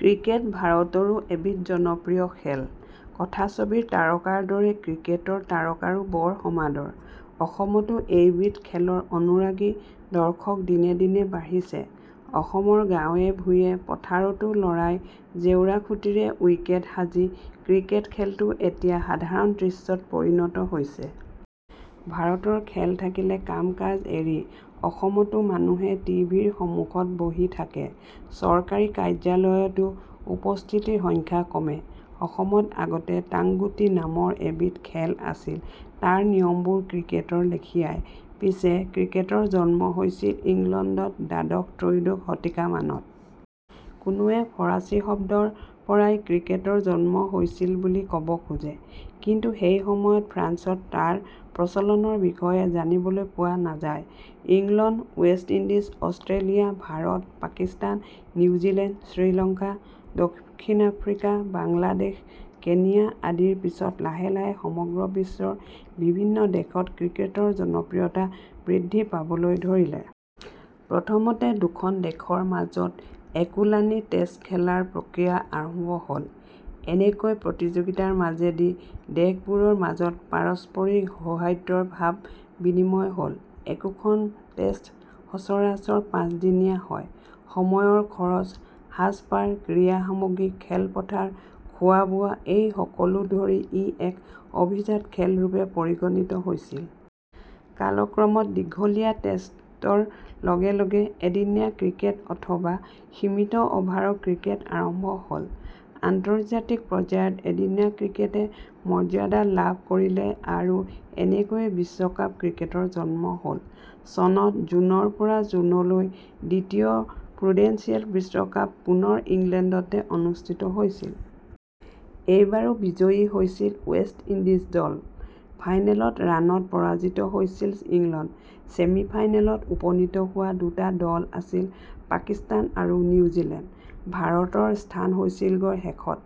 Cricket ভাৰতৰো এবিধ জনপ্ৰিয় খেল। কথাছবিৰ তাৰকাৰ দৰে ক্ৰিকেটৰ তাৰকাৰো বৰ সমাদৰ। অসমতো এইবিধ খেলৰ অনুৰাগী দৰ্শক দিনে দিনে বাঢ়িছে। অসমৰ গাঁৱে-ভূঞে পথাৰতো ল'ৰাই জেওৰা খুঁটিৰে উইকেট্ সাজি ক্ৰিকেট খেলটো এতিয়া সাধাৰণ দৃশ্যত পৰিণত হৈছে। ভাৰতৰ খেল থাকিলে কাম-কাজ এৰি অসমতো মানুহে টি. ভি. ৰ সমুখত বহি থাকে। চৰকাৰী কাৰ্যালয়তো উপস্থিতিৰ সংখ্যা কমে। অসমত আগতে টাংগুটি নামৰ এবিধ খেল আছিল, তাৰ নিময়বোৰ ক্ৰিকেটৰ লেখীয়াই, পিছে ক্ৰিকেটৰ জন্ম হৈছিল ইংলণ্ডত দ্বাদশ-ত্ৰয়োদশ শতিকামানত। কোনোৱে ফৰাচী শব্দৰ পৰাই ক্ৰিকেটৰ জন্ম হৈছিল বুলি ক'ব খোজে। কিন্তু সেই সময়ত ফ্ৰান্সত তাৰ প্ৰচলনৰ বিষয়ে জানিবলৈ পোৱা নাযায়। England; West Indies, Australia, Bharat, Pakistan, New Zealand, Sri Lanka, দক্ষিণ আফ্ৰিকা, বাংলাদেশ, কেনিয়া আদিৰ পিছত লাহে লাহে সমগ্ৰ বিশ্বৰ বিভিন্ন দেশত ক্ৰিকেটৰ জনপ্ৰিয়তা বৃদ্ধি পাবলৈ ধৰিলে। প্ৰথমতে দুখন দেশৰ মাজত একোলানি টেষ্ট খেলাৰ প্ৰক্ৰিয়া আৰম্ভ হ'ল। এনেকৈ প্ৰতিযোগিতাৰ মাজেদি দেশবোৰৰ মাজত পাৰস্পৰিক সৌহাৰ্দ্যৰ ভাব বিনিময় হ'ল। একোখন টেষ্ট সচৰাচৰ পাঁচ দিনীয়া হয়। সময়ৰ খৰচ, সাজ পাৰ, ক্ৰীড়া-সামগ্ৰী, খেলপথাৰ, খোৱা-বোৱা এই সকলো ধৰি ই এক অভিজাত খেল ৰূপে পৰিগণিত হৈছিল। কালক্ৰমত দীঘলীয়া টেষ্টৰ লগে লগে এদিনীয়া ক্ৰিকেট অথবা সীমিত অভাৰৰ ক্ৰিকেট আৰম্ভ হ'ল। আন্তৰ্জাতিক পৰ্যায়ত এদিনীয়া ক্ৰিকেটে মৰ্যাদা লাভ কৰিলে আৰু এনেকৈয়ে বিশ্বকাপ ক্ৰিকেটৰ জন্ম হ'ল। চনত জুনৰপৰা জুনলৈ দ্বিতীয় প্ৰুডেন্সিয়েল বিশ্বকাপ পুনৰ ইংলণ্ডতে অনুষ্ঠিত হৈছিল। এইবাৰো বিজয়ী হৈছিল ৱেষ্ট ইণ্ডিজ দল। ফাইনেলত ৰাণত পৰাজিত হৈছিল ইংলণ্ড। ছেমি ফাইনেলত উপনীত হোৱা দুটা দল আছিল পাকিস্তান আৰু নিউজিলেণ্ড! ভাৰতৰ স্থান হৈছিলগৈ শেষত।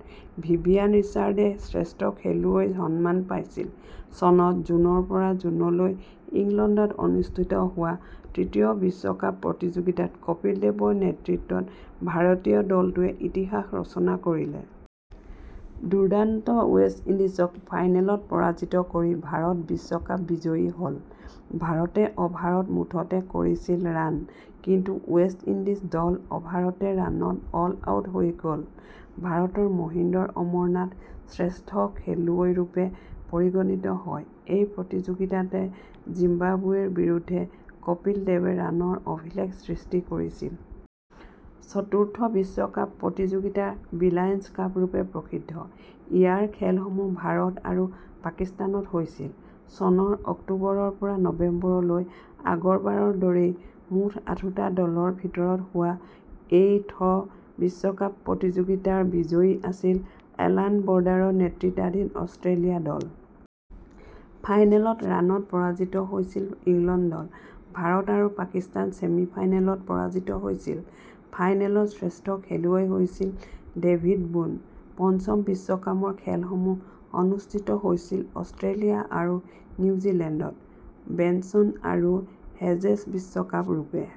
ভিভিয়ান ৰিচাৰ্ডে শ্ৰেষ্ঠ খেলুৱৈৰ সম্মান পাইছিল। চনত জুনৰপৰ৷ জুনলৈ ইংলণ্ডত অনুষ্ঠিত হোৱা তৃতীয় বিশ্বকাপ প্ৰতিযোগিতাত কপিল দেৱৰ নেতৃত্বত ভাৰতীয় দলটোৱে ইতিহাস ৰচনা কৰিলে। দুৰ্দান্ত ৱেষ্ট ইণ্ডিজক ফাইনেলত পৰাজিত কৰি ভাৰত বিশ্বকাপ বিজয়ী হ'ল। ভাৰতে অভাৰত মুঠতে কৰিছিল ৰাণ, কিন্তু ৱেষ্ট ইণ্ডিজ দল অভাৰতে ৰাণত অলআউট হৈ গ'ল ৷ ভাৰতৰ মহীন্দৰ অমৰনাথ শ্ৰেষ্ঠ খেলুৱৈৰূপে পৰিগণিত হয়। এই প্ৰতিযোগিতাতে জিম্বাবুৱেৰ বিৰুদ্ধে কপিল দেৱে ৰাণৰ অভিলেখ সৃষ্টি কৰিছিল। চতুৰ্থ বিশ্বকাপ প্ৰতিযোগিতা ৰিলায়েঞ্চ কাপ ৰূপে প্ৰসিদ্ধ, ইয়াৰ খেলসমূহ ভাৰত আৰু পাকিস্তানত হৈছিল। চনৰ অক্টোবৰৰপৰা নৱেম্বৰলৈ আগৰবাৰৰ দৰেই মুঠ আঠোটা দলৰ ভিতৰত হোৱা এই চতুৰ্থ বিশ্বকাপ প্ৰতিযোগিতাৰ বিজয়ী আছিল এলান বৰ্ডাৰৰ নেতৃত্বাধীন অস্ট্ৰেলিয়া দল। ফাইনেলত ৰাণত পৰাজিত হৈছিল ইংলণ্ড দল। ভাৰত আৰু পাকিস্তান ছেমিফাইনেলত পৰাজিত হৈছিল। ফাইনেলত শ্ৰেষ্ঠ খেলুৱৈ হৈছিল ডেভিড বুন। পঞ্চম বিশ্বকাপৰ খেলসমূহ অনুষ্ঠিত হৈছিল অষ্ট্ৰেলিয়া আৰু নিউজিলেণ্ডত। বেনচন্ আৰু হেজেছ বিশ্বকাপ ৰূপে